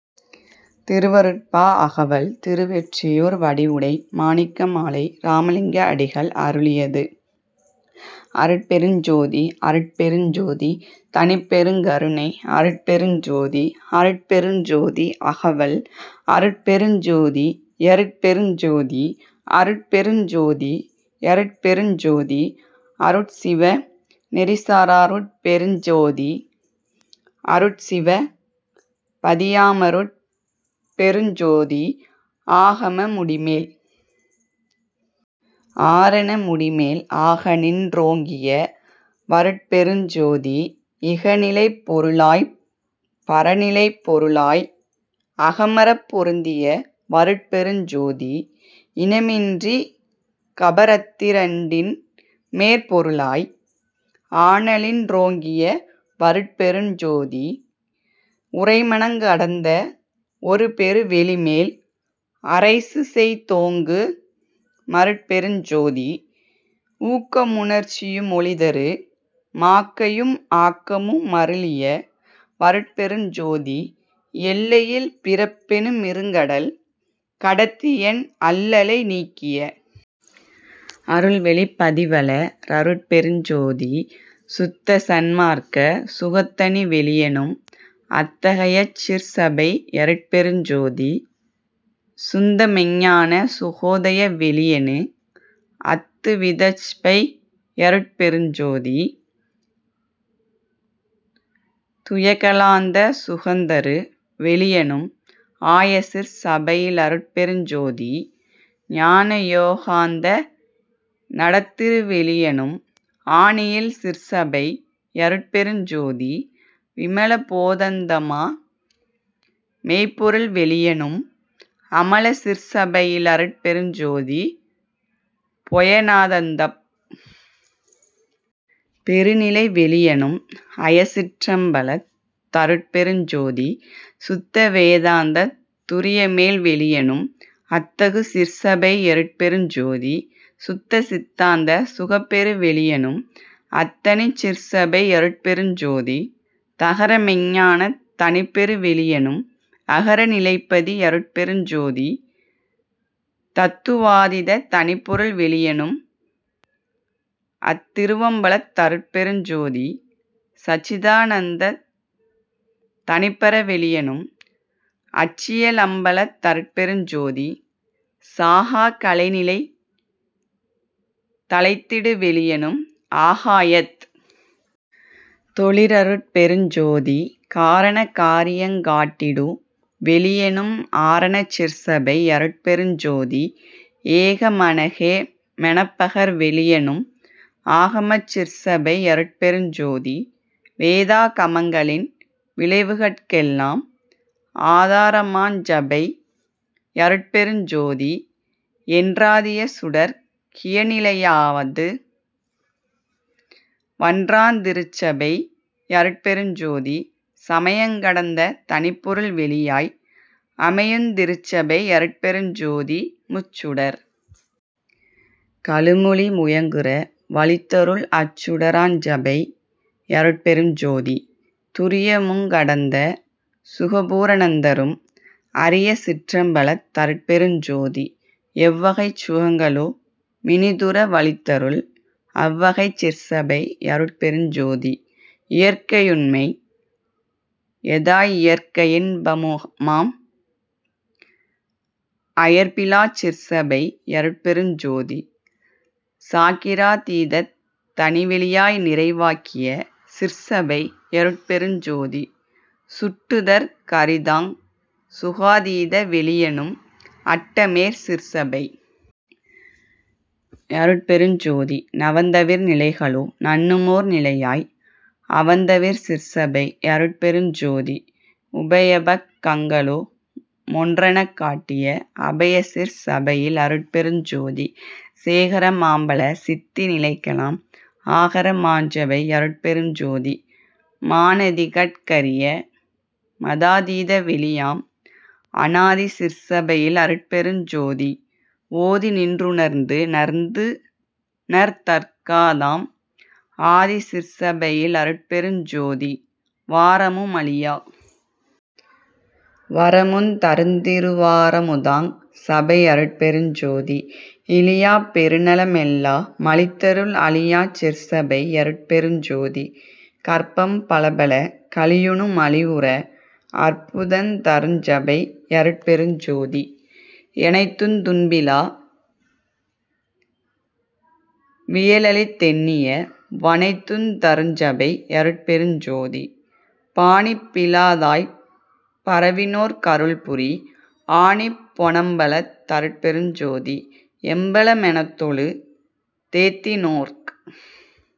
திருவருட்பா -அகவல் திருவொற்றியூர் வடிவுடை மாணிக்க மாலை இராமலிங்க அடிகள் அருளியது அருட்பெருஞ்ஜோதி அருட்பெருஞ்ஜோதி தனிப்பெருங்கருணை அருட்பெருஞ்ஜோதி அருட்பெருஞ்ஜோதி அகவல் அருட்பெருஞ்ஜோதி யருட்பெருஞ்ஜோதி அருட்பெருஞ்ஜோதி யருட்பெருஞ்ஜோதி அருட்சிவ நெறிசாரருட்பெருஞ்ஜோதி அருட்சிவ பதியாமருட் பெருஞ்ஜோதி ஆகம முடிமேல் ஆரண முடிமேல் ஆகநின்றோங்கிய வருட்பெருஞ்ஜோதி இகநிலைப் பொருளாய்ப் பரநிலைப் பொருளாய் அகமறப் பொருந்திய வருட்பெருஞ்ஜோதி இனமின்றி கபரத்திரண்டின் மேற்பொருளாய் ஆனலின்றோங்கிய வருட்பெருஞ்ஜோதி உரைமனங்கடந்த வொருபெருவெளிமேல் அரைசுசெய் தோங்கு மருட்பெருஞ்ஜோதி ஊக்கமுமுணர்ச்சியுமொளிதரு மாக்கையும் ஆக்கமு மருளிய வருட்பெருஞ்ஜோதி எல்லையில் பிறப்பெனு மிருங்கடல் கடத்தியென் அல்லலை நீக்கிய அருள்வெளிப் பதிவள ரருட்பெருஞ்ஜோதி சுத்தசன்மார்க்க சுகத்தனிவெளியெனும் அத்தகைய சிற்சபை யருட்பெருஞ்ஜோதி சுந்தமெஞ்ஞான சுகோதய வெளியெனு அத்துவிதச்ச்பை யருட்பெருஞ்ஜோதி துயெகலாந்த சுகந்தரு வெளியெனும் ஆயசிற் சபையி லருட்பெருஞ்ஜோதி ஞானயோகாந்த நடத்திருவெளியெனும் ஆனியில் சிற்சபை யருட்பெருஞ்ஜோதி விமல போதந்தமா மெய்ப்பொருள்வெளியெனும் அமல சிற்சபையி லருட்பெருஞ்ஜோதி பொயநாதந்தப் பெருநிலைவெளியெனும் அயசிற்றம்பலத் தருட்பெருஞ்ஜோதி சுத்தவேதாந்தத் துரியமேல்வெளியெனும் அத்தகு சிற்சபையருட்பெருஞ்ஜோதி சுத்த சித்தாந்த சுகப்பெருவெளியெனும் அத்தனிச் சிற்சபை யருட்பெருஞ்ஜோதி தகரமெய்ஞ்ஞானத் தனிப்பெருவெளியெனும் அகர நிலைப்பதி யருட்பெருஞ்ஜோதி தத்துவாதீத தனிப்பொருள் வெளியெனும் அத்திருவம்பலத் தருட்பெருஞ்ஜோதி சச்சிதானந்தத் தனிப்பரவெளியெனும் அச்சிய லம்பலத் தருட்பெருஞ்ஜோதி சாகாக் கலைநிலை தழைத்திடுவெளியெனும் ஆகாயத் தொளிரருட்பெருஞ்ஜோதி காரண காரியங் காட்டிடு வெளியெனும் ஆரணச் சிற்சபை யருட்பெருஞ்ஜோதி ஏக மனேக மெனப்பகர் வெளியெனும் ஆகமச் சிற்சபை யருட்பெருஞ்ஜோதி வேதா கமங்களின் விளைவுகட்கெல்லாம் ஆதாரமாஞ்சபை யருட்பெருஞ்ஜோதி என்றாதிய சுடர்க் கியனிலையாவது வன்றாந்திருச்சபை யருட்பெருஞ்ஜோதி சமயங் கடந்த தனிப்பொருள் வெளியாய் அமையுந்திருச்சபை யருட்பெருஞ்ஜோதி முச்சுடர் களுமொளி முயங்குற வளித்தருள் அச்சுடராஞ்சபை யருட்பெருஞ்ஜோதி துரியமுங்கடந்த சுகபூரணந்தரும் அரியசிற்றம்பலத் தருட்பெருஞ்ஜோதி எவ்வகைச் சுகங்களு மினிதுற வளித்தருள் அவ்வகைச் சிற்சபை யருட்பெருஞ்ஜோதி இயற்கையுண்மை யதாயியற்கையின்பமுமாம் அயர்ப்பிலாச் சிற்சபை யருட்பெருஞ்ஜோதி சாக்கிரா தீதத் தனிவெளியாய்நிறைவாக்கிய சிற்சபை யருட்பெருஞ்ஜோதி சுட்டுதற் கரிதாங் சுகாதீத வெளியெனும் அட்டமேற் சிற்சபை யருட்பெருஞ்ஜோதி நவந்தவிர் நிலைகளு நண்ணுமோர் நிலையாய் அவந்தவிர் சிற்சபை யருட்பெருஞ்ஜோதி உபயபக் கங்களு மொன்றெனக் காட்டிய அபயசிற் சபையி லருட்பெருஞ்ஜோதி சேகர மாம்பல சித்தி நிலைக்கெலாம் ஆகர மாஞ்சபை யருட்பெருஞ்ஜோதி மனாதிகட் கரிய மதாதீத வெளியாம் அனாதி சிற்சபையி லருட்பெருஞ்ஜோதி ஓதிநின்றுணர்ந்து ணர்ந்து ணர்தற்காதாம் ஆதிசிற்சபையி லருட்பெருஞ்ஜோதிவாரமு மழியா வரமுந் தருந்திருவாரமுதாஞ் சபை யருட்பெருஞ்ஜோதி இழியாப் பெருநல மெல்லா மளித்தருள் அழியாச் சிற்சபை யருட்பெருஞ்ஜோதி கற்பம் பலபல கழியுனு மழிவுறா அற்புதந் தருஞ்சபை யருட்பெருஞ்ஜோதி எனைத்துந் துன்பிலா வியலளித் தெண்ணிய வனைத்துந் தருஞ்சபை யருட்பெருஞ்ஜோதி பாணிப்பிலதாய்ப் பரவினோர்க் கருள்புரி ஆணிப் பொனம்பலத் தருட்பெருஞ்ஜோதி எம்பல மெனத்தொழு தேத்தினோர்க்